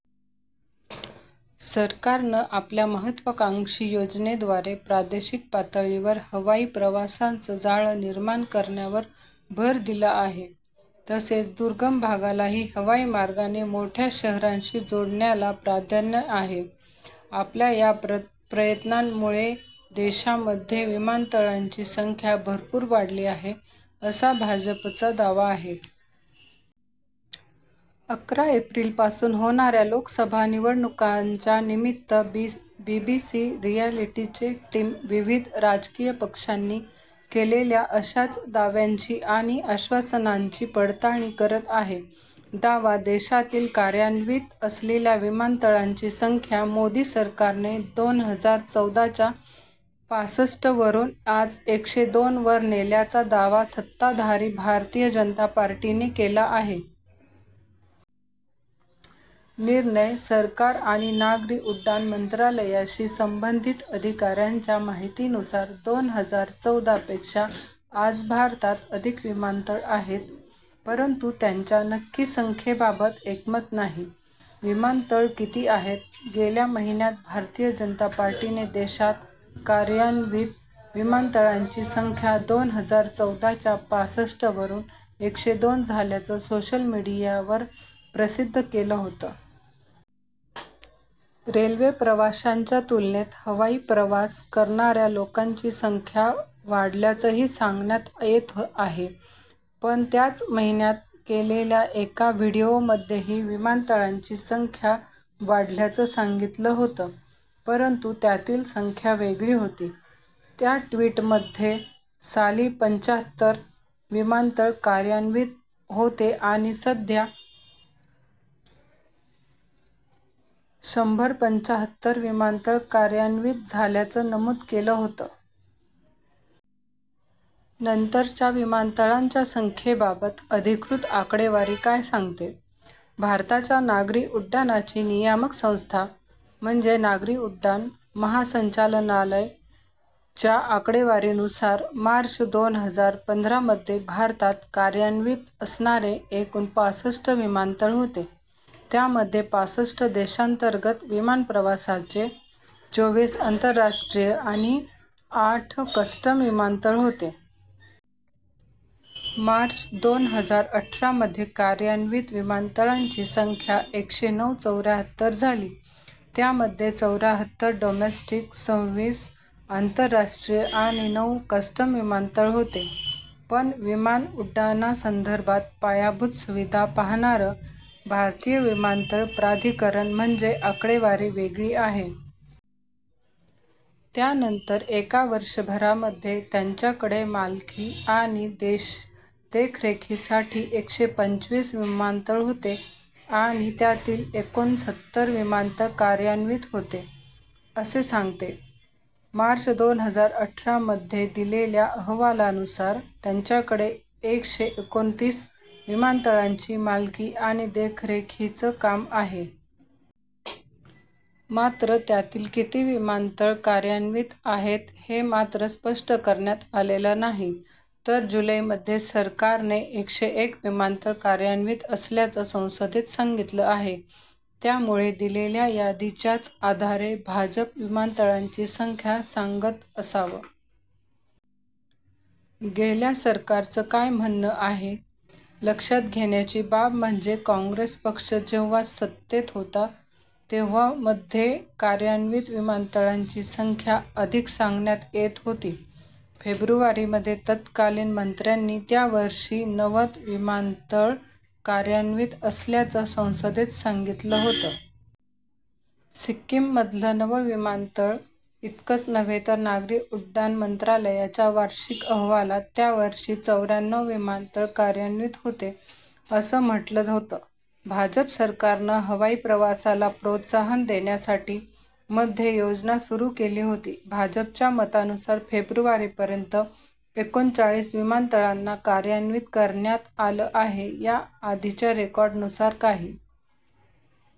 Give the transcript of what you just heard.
सरकारनं आपल्या महत्त्वाकांक्षी योजनेद्वारे प्रादेशिक पातळीवर हवाई प्रवासाचं जाळं निर्माण करण्यावर भर दिला आहे. तसेच दुर्गम भागालाही हवाई मार्गाने मोठ्या शहरांशी जोडण्याला प्राधान्य आहे. आपल्या या प्रयत्नांमुळे देशामध्ये विमानतळांची संख्या भरपूर वाढली आहे, असा भाजपचा दावा आहे. अकरा एप्रिलपासून होणाऱ्या लोकसभा निवडणुकांच्या निमित्त बीबीसी रिअॅलिटी चेक टीम विविध राजकीय पक्षांनी केलेल्या अशाच दाव्यांची आणि आश्वासनांची पडताळणी करत आहे. दावाः देशातील कार्यान्वित असलेल्या विमानतळांची संख्या मोदी सरकारने दोन हजार चौदा च्या पासष्ट वरून आज एकशे दोन वर नेल्याचा दावा सत्ताधारी भारतीय जनता पार्टीने केला आहे. निर्णयः सरकार आणि नागरी उड्डाण मंत्रालयाशी संबंधित अधिकाऱ्यांच्या माहितीनुसार दोन हजार चौदा पेक्षा आज भारतात अधिक विमानतळ आहेत. परंतु त्यांच्या नक्की संख्येबाबत एकमत नाही. विमानतळं किती आहेत? गेल्या महिन्यात भारतीय जनता पार्टीने देशात कार्यान्वित विमानतळांची संख्या दोन हजार चौदा च्या पासष्ट वरून एकशे दोन झाल्याचं सोशल मीडियावर प्रसिद्ध केलं होतं. रेल्वेप्रवाशांच्या तुलनेत हवाई प्रवास करणाऱ्या लोकांची संख्या वाढल्याचंही सांगण्यात येत आहे. पण त्याच महिन्यात केलेल्या एका व्हीडिओमध्येही विमानतळांची संख्या वाढल्याचं सांगितलं होतं. परंतु त्यातील संख्या वेगळी होती. त्या ट्वीटमध्ये साली पंच्याहत्तर विमानतळ कार्यान्वित होते आणि सध्या शंभर पंच्याहत्तर विमानतळ कार्यान्वित झाल्याचं नमूद केलं होतं. नंतरच्या विमानतळांच्या संख्येबाबत अधिकृत आकडेवारी काय सांगते? भारताच्या नागरी उड्डाणाची नियामक संस्था, म्हणजे नागरी उड्डाण महासंचालनालय च्या आकडेवारीनुसार, मार्च दोन हजार पंधरा मध्ये भारतात कार्यान्वित असणारे एकूण पासष्ट विमानतळ होते. त्यामध्ये पासष्ट देशांतर्गत विमानप्रवासाचे, चोवीस आंतरराष्ट्रीय आणि आठ कस्टम विमानतळ होते. मार्च दोन हजार अठरा मध्ये कार्यान्वित विमानतळांची संख्या एकशे नऊ चौऱ्याहत्तर झाली. त्यामध्ये चौऱ्याहत्तर डोमेस्टिक, संविस आंतरराष्ट्रीय आणि नऊ कस्टम विमानतळ होते. पण विमानउड्डाणासंदर्भात पायाभूत सुविधा पाहाणारं भारतीय विमानतळ प्राधिकरण म्हणजे आकडेवारी वेगळी आहे. त्यानंतर एका वर्षभरामध्ये त्यांच्याकडे मालकी आणि देखरेखीसाठी एकशे पंचवीस विमानतळ होते आणि त्यातील एकोणसत्तर विमानतळ कार्यान्वित होते, असे सांगते. मार्च दोन हजार अठरा मध्ये दिलेल्या अहवालानुसार, त्यांच्याकडे एकशे एकोणतीस विमानतळांची मालकी आणि देखरेखीच काम आहे. मात्र त्यातील किती विमानतळ कार्यान्वित आहेत, हे मात्र स्पष्ट करण्यात आलेलं नाही. तर जुलै मध्ये सरकारने एकशे एक विमानतळ कार्यान्वित असल्याचं संसदेत सांगितलं आहे. त्यामुळं दिलेल्या यादीच्याच आधारे भाजप विमानतळांची संख्या सांगत असावं. गेल्या सरकारचं काय म्हणणं आहे? लक्षात घेण्याची बाब म्हणजे काँग्रेस पक्ष जेव्हा सत्तेत होता, तेव्हा मध्ये कार्यान्वित विमानतळांची संख्या अधिक सांगण्यात येत होती. फेब्रुवारी मध्ये तत्कालीन मंत्र्यांनी त्या वर्षी नवद विमानतळ कार्यान्वित असल्याचं संसदेत सांगितलं होतं. सिक्किममधलं नवं विमानतळ इतकंच नव्हे तर नागरी उड्डाण मंत्रालयाच्या वार्षिक अहवालात त्यावर्षी चौऱ्याण्णव विमानतळ कार्यान्वित होते, असं म्हटलं होतं. भाजप सरकारनं हवाई प्रवासाला प्रोत्साहन देण्यासाठी मध्ये योजना सुरू केली होती. भाजपच्या मतानुसार, फेब्रुवारी पर्यंत एकोणचाळीस विमानतळांना कार्यान्वित करण्यात आलं आहे. या आधीच्या रेकॉर्डनुसार काही